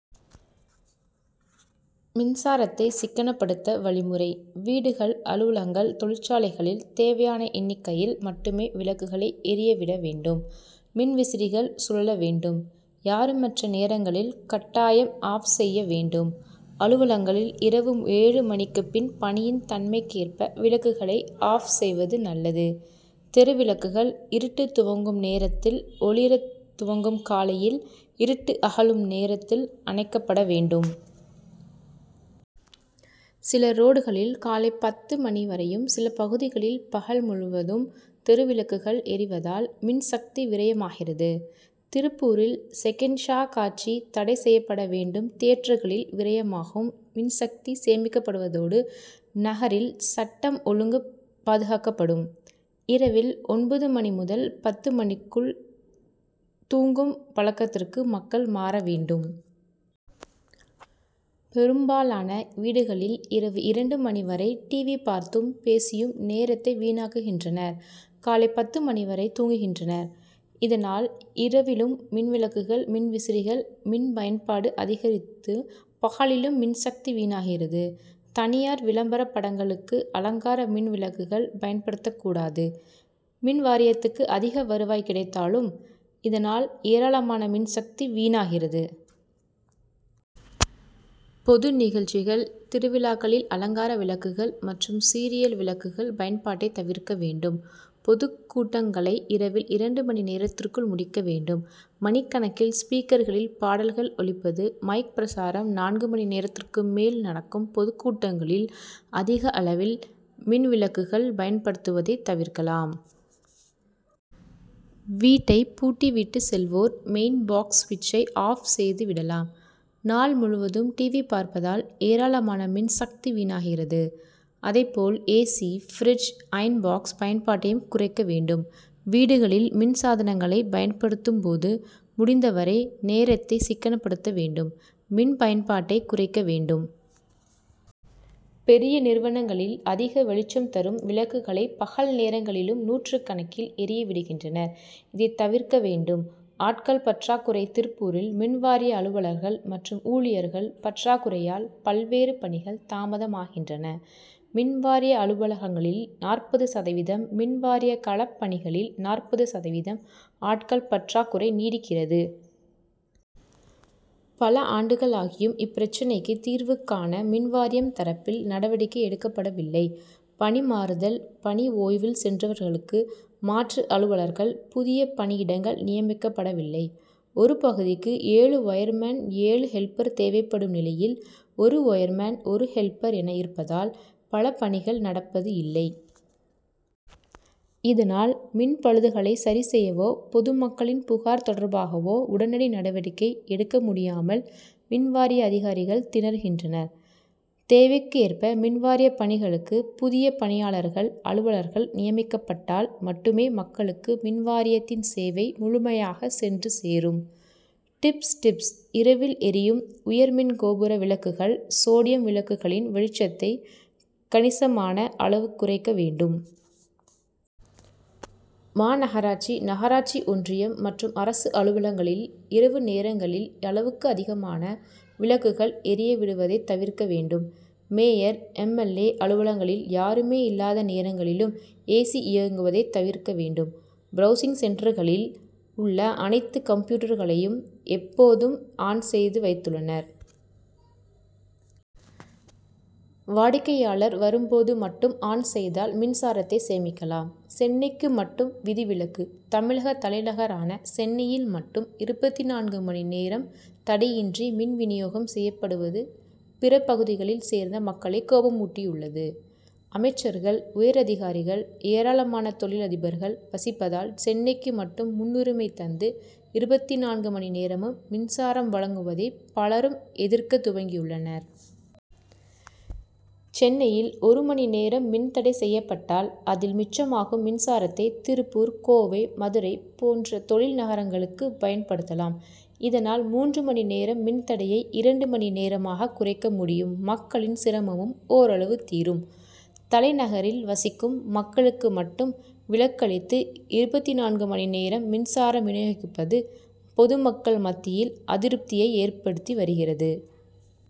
மின்சாரத்தை சிக்கனப்படுத்த வழிமுறை வீடுகள் அலுவலகங்கள் தொழிற்சாலைகளில் தேவையான எண்ணிக்கையில் மட்டுமே விளக்குகளை எரிய விட வேண்டும் மின்விசிறிகள் சுழல வேண்டும். யாருமற்ற நேரங்களில் கட்டாயம் ஆப்'செய்ய வேண்டும். அலுவலகங்களில் இரவு ஏழு மணிக்குபின் பணியின் தன்மைக்கேற்ப விளக்குகளை ஆப் செய்வது நல்லது. தெருவிளக்குகள் இருட்டு துவங்கும் நேரத்தில் ஒளிர துவங்கி காலையில் இருட்டு அகலும் நேரத்தில் அணைக்கப்பட வேண்டும். சில ரோடுகளில் காலை பத்து மணி வரையும் சில பகுதிகளில் பகல் முழுவதும் தெருவிளக்குகள் எரிவதால் மின்சக்தி விரயமாகிறது. திருப்பூரில் செகண்ட் ஷா காட்சி தடை செய்யப்பட வேண்டும் தியேட்டர்களில் விரயமாகும் மின்சக்தி சேமிக்கப்படுவதோடு நகரில் சட்டம் ஒழுங்கு பாதுகாக்கப்படும். இரவில் ஒன்பது மணி முதல் பத்து மணிக்குள் தூங்கும் பழக்கத்துக்கு மக்கள் மாற வேண்டும். பெரும்பாலான வீடுகளில், இரவு இரண்டு மணி வரை டிவி பார்த்தும் பேசியும் நேரத்தை வீணாக்குகின்றனர் காலை பத்து மணி வரை தூங்குகின்றனர். இதனால் இரவிலும் மின்விளக்குகள் மின்விசிறிகள் மின் பயன்பாடு அதிகரித்து பகலிலும் மின்சக்தி வீணாகிறது. தனியார் விளம்பர படங்களுக்கு அலங்கார மின்விளக்குள் பயன்படுத்தக்கூடாது மின்வாரியத்துக்கு அதிக வருவாய் கிடைத்தாலும் இதனால் ஏராளமான மின்சக்தி வீணாகிறது. பொது நிகழ்ச்சிகள் திருவிழாக்களில் அலங்கார விளக்குகள் மற்றும் சீரியல் விளக்குகள் பயன்பாட்டை தவிர்க்க வேண்டும். பொதுக்கூட்டங்களை இரவில் இரண்டு மணி நேரத்துக்குள் முடிக்க வேண்டும். மணிக்கணக்கில் ஸ்பீக்கர்களில் பாடல்கள் ஒலிப்பது மைக் பிரசாரம் நான்கு மணி நேரத்துக்கு மேல் நடக்கும் பொதுக்கூட்டங்களில் அதிகளவில் மின்விளக்குகள் பயன்படுத்துவதை தவிர்க்கலாம். வீட்டை பூட்டி விட்டு செல்வோர் மெயின் பாக்ஸ் ஸ்விட்ச்சை ஆப் செய்து விடலாம். நாள் முழுவதும் டிவி பார்ப்பதால் ஏராளமான மின்சக்தி வீணாகிறது. அதேபோல் ஏ. சி.பிரிட்ஜ் அயர்ன் பாக்ஸ் பயன்பாட்டையும் குறைக்க வேண்டும். வீடுகளில் மின்சாதனங்களை பயன்படுத்தும்போது முடிந்தவரை நேரத்தை சிக்கனப்படுத்த வேண்டும் மின்பயன்பாட்டை குறைக்க வேண்டும். பெரிய நிறுவனங்களில் அதிக வெளிச்சம் தரும் விளக்குகளை பகல் நேரங்களிலும் நூற்றுக்கணக்கில் எரிய விடுகின்றனர். இதை தவிர்க்க வேண்டும். ஆட்கள் பற்றாக்குறை திருப்பூரில் மின்வாரிய அலுவலர்கள் மற்றும் ஊழியர்கள் பற்றாக்குறையால் பல்வேறு பணிகள் தாமதமாகின்றன. மின்வாரிய அலுவலகங்களில் நாற்பது சதவீதம் மின்வாரிய கள பணிகளில் நாற்பது சதவீதம் ஆட்கள் பற்றாக்குறை நீடிக்கிறது. பல ஆண்டுகளாகியும் இப்பிரச்னைக்கு தீர்வு காண மின்வாரியம் தரப்பில் நடவடிக்கை எடுக்கப்படவில்லை பணி மாறுதல் பணி ஓய்வில் சென்றவர்களுக்கு மாற்று அலுவலர்கள் புதிய பணியிடங்கள் நியமிக்கப்படவில்லை. ஒரு பகுதிக்கு ஏழு ஒயர் மேன் ஏழு ஹெல்ப்பர் தேவைப்படும் நிலையில் ஒரு ஒயர்மேன் ஒரு ஹெல்ப்பர் என இருப்பதால் பல பணிகள் நடப்பது இல்லை. இதனால் மின்பழுதுகளை சரிசெய்யவோ பொதுமக்களின் புகார் தொடர்பாகவோ உடனடி நடவடிக்கை எடுக்க முடியாமல் மின்வாரிய அதிகாரிகள் திணறுகின்றனர். தேவைக்கு ஏற்ப மின்வாரிய பணிகளுக்கு புதிய பணியாளர்கள் அலுவலர்கள் நியமிக்கப்பட்டால் மட்டுமே மக்களுக்கு மின்வாரியத்தின் சேவை முழுமையாக சென்று சேரும். டிப்ஸ்டிப்ஸ் இரவில் எரியும் உயர் மின்கோபுர விளக்குகள் சோடியம் விளக்குகளின் வெளிச்சத்தை கணி சமான அளவு குறைக்க வேண்டும். மாநகராட்சி நகராட்சி ஒன்றியம் மற்றும் அரசு அலுவலகங்களில் இரவு நேரங்களில் அளவுக்கு அதிகமான விளக்குகள் எரிய விடுவதை தவிர்க்க வேண்டும். Mayor M. எல். ஏ. அலுவலகங்களில் யாருமே இல்லாத நேரங்களிலும் ஏசி இயங்குவதை தவிர்க்க வேண்டும். பிரவுசிங் சென்டர்களில் உள்ள அனைத்து கம்ப்யூட்டர் களையும் எப்போதும் ஆன் செய்து வைத்துள்ளனர். வாடிக்கையாளர் வரும்போது மட்டும் ஆன் செய்தால் மின்சாரத்தை சேமிக்கலாம். சென்னைக்கு மட்டும் விதிவிலக்கு தமிழக தலைநகரான சென்னையில் மட்டும் இருபத்திநான்கு மணி நேரம் தடையின்றி மின் வினியோகம் செய்யப்படுவது பிற பகுதிகளை சேர்ந்த மக்களை கோபமூட்டியுள்ளது. அமைச் சர்கள் உயரதிகாரிகள் ஏராளமான தொழிலதிபர்கள் வசிப்பதால் சென்னைக்கு மட்டும் முன்னுரிமை தந்து இருபத்திநான்கு மணி நேரமும் மின்சாரம் வழங்குவதை பலரும் எதிர்க்க துவங்கியுள்ளனர். சென்னையில் ஒரு மணி நேரம் மின்தடை செய்யப் பட்டால் அதில் மிச்சமாகும் மின்சாரத்தை திருப்பூர் கோவை மதுரை போன்ற தொழில் நகரங்களுக்கு பயன் படுத்தலாம் இதனால் மூன்று மணி நேர மின்தடையை இரண்டு மணி நேரமாக குறைக்க முடியும் மக்களின் சிரமமும் ஓரளவு தீரும். தலைநகரில் வசிக்கும் மக்களுக்கு மட்டும் விலக்களித்து இருபத்திநான்கு மணி நேர மின்சாரம் வினியோகிப்பது பொதுமக்கள் மத்தியில் அதிருப்தியை ஏற்படுத்தி வருகிறது.